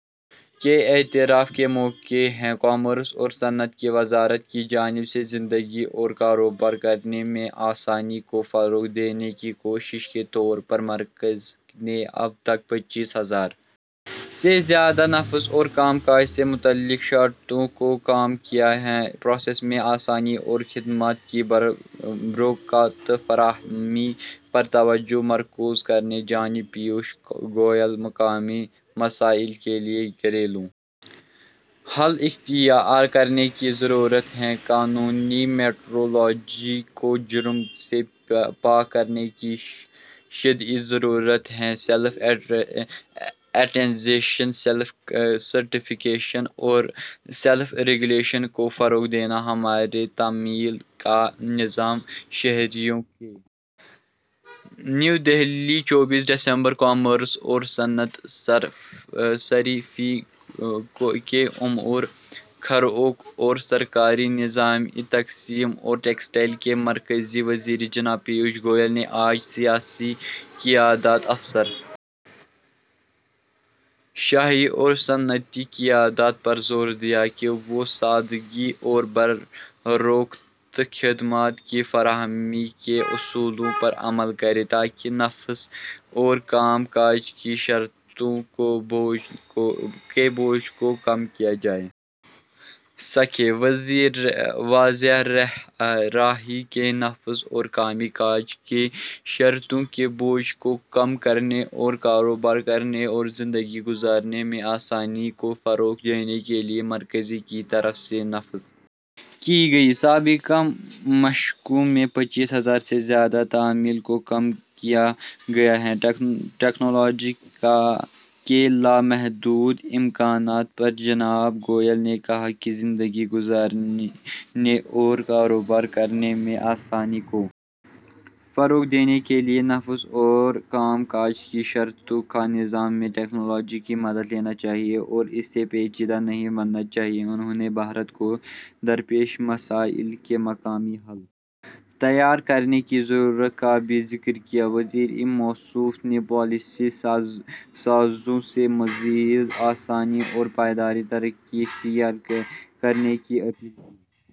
کے اعتراف کا موقع ہے کامرس اور صنعت کی وزارت کی جانب سے زندگی اور کاروبار کرنے میں آسانی کو فروغ دینے کی کوشش کے طور پر مرکز نے اب تک پچیس ہزار سے زیادہ نفاذ اور کام کاج سے متعلق شرطوں کو کم کیا ہے پروسیس میں آسانی اور خدمات کی بروقت فراہمی پر توجہ مرکوز کریں جناب پیوش گوئل مقامی مسائل کے لیے گھریلو حل اختیار کرنے کی ضرورت ہے قانونی میٹرولوجی کو جرائم سے پاک کرنے کی اشد ضرورت ہے سیلف اٹیسٹیشن سیلف سرٹیفکیشن اور سیلف ریگولیشن کو فروغ دینا ہمارا تعمیل کا نظام شہریوں کے اعتماد پر مبنی ہونا چاہیے نئی دہلی چوبیس دسمبر کامرس اور صنعت صارفین کے امور خوراک اور سرکاری نظام تقسیم اور ٹیکسٹائل کے مرکزی وزیر جناب پیوش گوئل نے آج سیاسی قیادت افسر شاہی اور صنعتی قیادت پر زور دیا کہ وہ سادگی اور بروقت خدمات کی فراہمی کے اصولوں پر عمل کریں تاکہ نفاذ اور کام کاج کی شرطوں کے بوجھ کو کم کیا جا سکے واضح رہے کہ نفاذ اور کام کاج کی شرطوں کے بوجھ کو کم کرنے اور کاروبار کرنے اور زندگی گزارنے میں آسانی کو فروغ دینے کے لیے مرکز کی طرف سے نافذ کی گئی سابقہ مشقوں میں پچیس ہزار سے زیادہ تعمیل کو کم کیا گیا ہے ٹیکنالوجی کے لامحدود امکانات پر جناب گوئل نے کہا کہ زندگی گزارنے اور کاروبار کرنے میں آسانی کو فروغ دینے کے لیے نفاذ اور کام کاج کی شرطوں کے نظام میں ٹیکنالوجی کی مدد لینی چاہیے اور اسے پیچیدہ نہیں بنانا چاہیے انہوں نے بھارت کو درپیش مسائل کے مقامی حل تیار کرنے کی ضرورت کا بھی ذکر کیا وزیر موصوف نے پالیسی سازوں سے مزید آسان اور پائیدار طریقے اختیار کرنے کی اپیل کی